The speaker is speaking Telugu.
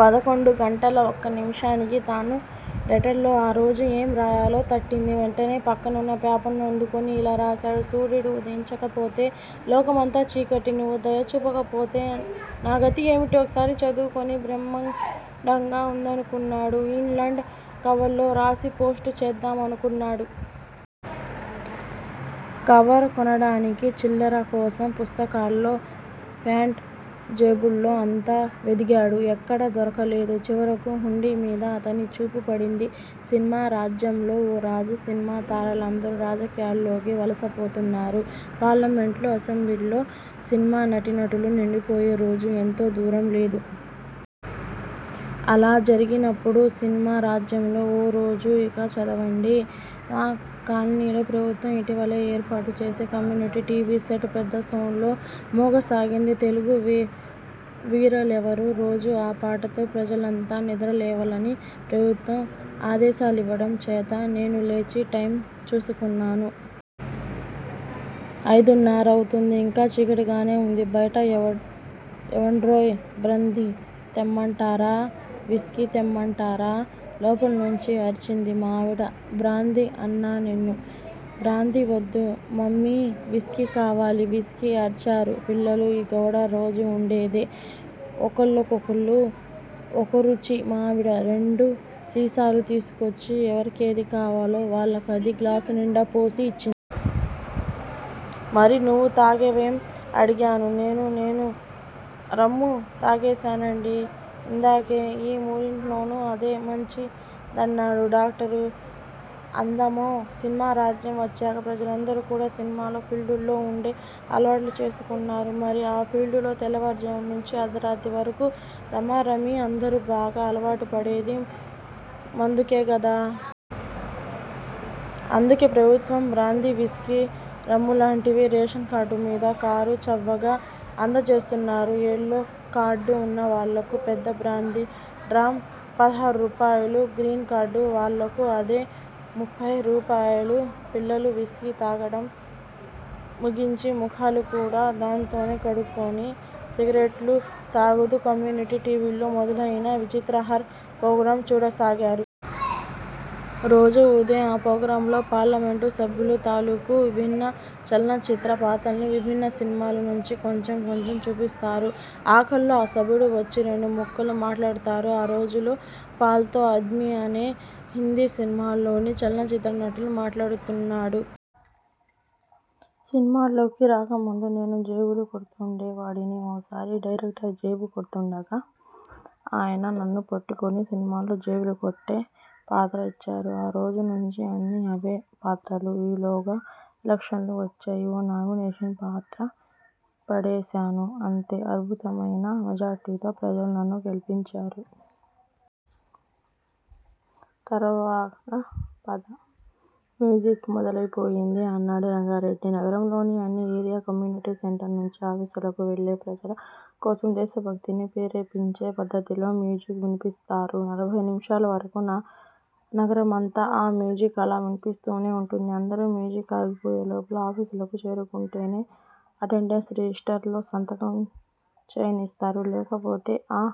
పదకొండు గంటలా ఒక్క నిమిషానికి తను లెటర్ లో ఆరోజు ఏం రాయాలో తట్టింది. వెంటనే పక్కనున్న పేపర్ ను అందుకుని ఇలా రాశాడు. సూర్యుడు వుదయించకపోతే లోకమంతా చీకటి. నీవు దయ చూపకపోతే నాగతి ఏమిటి ఒకసారి చదువుకుని బ్రహ్మాండంగా ఉందనుకున్నాడు. ఇన్ లాండ్ కవర్ లో రాసి పోస్టు చేద్దామనుకున్నాడు. కవర్ కొనడానికి చిల్లర కోసం పుస్తకాల్లో ఫ్యాంట్ జేబుల్లో అంతా వెదికాడు. ఎక్కడా దొరకలేదు. చివరకు హుండీ మీద అతని చూపు పడింది. సినిమా రాజ్యంలో ఓ రోజు సినిమా తారలందరూ రాజకీయాల్లోకి వలస పోతున్నారు. పార్లమెంటులో అసెంబ్లీల్లో సినిమా నటీనటులు నిండిపోయే రోజు ఎంతో దూరంలేదు. అలా జరిగినప్పుడు సినిమా రాజ్యంలో, ఓ రోజు ఇక చదవండి. మా కాలనీలో ప్రభుత్వం ఇటీవలే ఏర్పాటు చేసిన కమ్యూనిటీ టీవీ సెట్ పెద్ద సౌండ్ లో మోగసాగింది. తెలుగు వీ వీర లేవరు రోజూ ఆ పాటతో ప్రజలంతా నిద్రలేవాలని ప్రభుత్వం ఆదేశాలివ్వటం చేత నేను లేచి టైమ్ చూసుకున్నాను. అయిదున్నరవుతుంది. ఇంకా చీకటిగానే ఉంది బయట. ఏవండో ఏవాండోరోయ్ బ్రాండ్రి తెమ్మంటారా, విస్కీ తెమ్మంటారా? లోపల్నుంచి అరచింది మా ఆవిడ. బ్రాందీ! అన్నాన్నేను. బ్రాందీ వద్దు మమ్మీ! విస్కీ కావాలి! విస్కీ- అరచారు పిల్లలు. ఈ గొడవ రోజూ ఉండేదే! ఒకోళ్ళ కోకళ్ళు ఒకోరుచి. మా ఆవిడ రెండు సీసాలు తీసుకొచ్చి ఎవరికేది కావాలో వాళ్ళకది గ్లాసునిండా పోసి ఇచ్చింది. మరి నువ్వు తాగవేం? అడిగాను నేను. నేను రమ్ము తాగేశానండీ ఇందాకే! ఈ మూడింట్లోనూ అదే మంచిదన్నాడు డాక్టరు అందమో. సినిమా రాజ్యం వచ్చాక ప్రజలందరూ కూడా సినిమా ఫీల్డులో ఉండే అలవాట్లు చేసుకున్నారు. మరి ఆ ఫీల్డులో తెల్లవారుజాము నుంచీ అర్థరాత్రి వరకూ రమారమి అందరూ బాగా అలవాటుపడేది మందుకే గదా! అందుకే ప్రభుత్వం బ్రాందీ, విస్కీ, రమ్ములాంటివి రేషన్ కార్డుమీద కారు చవ్వగా అందజేస్తున్నారు. ఎల్లో కార్డు ఉన్న వాళ్ళకు పెద్ద బ్రాందీ డ్రమ్ పదహార్రూపాయలు! గ్రీన్ కార్డు వాళ్ళకు అదే ముప్పయ్ రూపాయలు. పిల్లలు విస్కీ తాగటం ముగించి మొఖాలు కూడా దాన్తోనే కడుక్కొని సిగరెట్లు తాగుతూ కమ్యూనిటీ టీవీలో మొదలయిన విచిత్రహార్ ప్రోగ్రాం చూడసాగారు. రోజూ ఉదయం ఆ ప్రోగ్రామ్ లో పార్లమెంట్ సభ్యుల తాలూకు విభిన్న చలనచిత్ర పాత్రల్ని- విభిన్న సినిమాల నుంచి కొంచెం కొంచెం చూపిస్తారు. ఆఖర్లో ఆ సభ్యుడు వచ్చి రెండు ముక్కలు మాట్లాడతారు. ఆ రోజు లో ఫాల్తూ ఆద్మీ అనే హిందీ సినిమాలోని చలనచిత్ర నటుడు మాట్లాడుతున్నాడు. సినిమాల్లోకి రాకముందు నేను జేబులు కొడుతూండే వాడిని! ఓసారి డైరెక్టర్ జేబు కొడుతూండగా ఆయన నన్ను పట్టుకుని సినిమాల్లో జేబులుకొట్టే పాత్ర ఇచ్చారు. ఆ రోజు నుంచీ అన్నీ అవే పాత్రలు. ఈలోగా ఎలక్షన్లు వచ్చాయ్. ఓ నామినేషన్ పాత్ర పడేశాను. అంతే అద్భుతమయిన మెజారిటీతో ప్రజలు నన్ను గెలిపించారు! త్వరగా పద మ్యూజిక్ మొదలయిపోయింది అన్నాడు రంగారెడ్డి. నగరంలోని అన్ని ఏరియా కమ్యూనిటీ సెంటర్స్ నుంచీ ఆఫీసులకు వెళ్ళే ప్రజల కోసం దేశభక్తిని ప్రేరేపించే పద్ధతిలో మ్యూజిక్ వినిపిస్తారు. నలభై నిముషాల వరకు న నగరమంతా ఆ మ్యూజిక్ అలా వినిపిస్తూనే ఉంటుంది. అందరూ మ్యూజిక్ ఆగిపోయే లోపల ఆఫీసులకు చేరుకుంటేనే అటెండెన్స్ రిజిష్టర్ లో సంతకం చేయనిస్తారు. లేకపోతే ఆ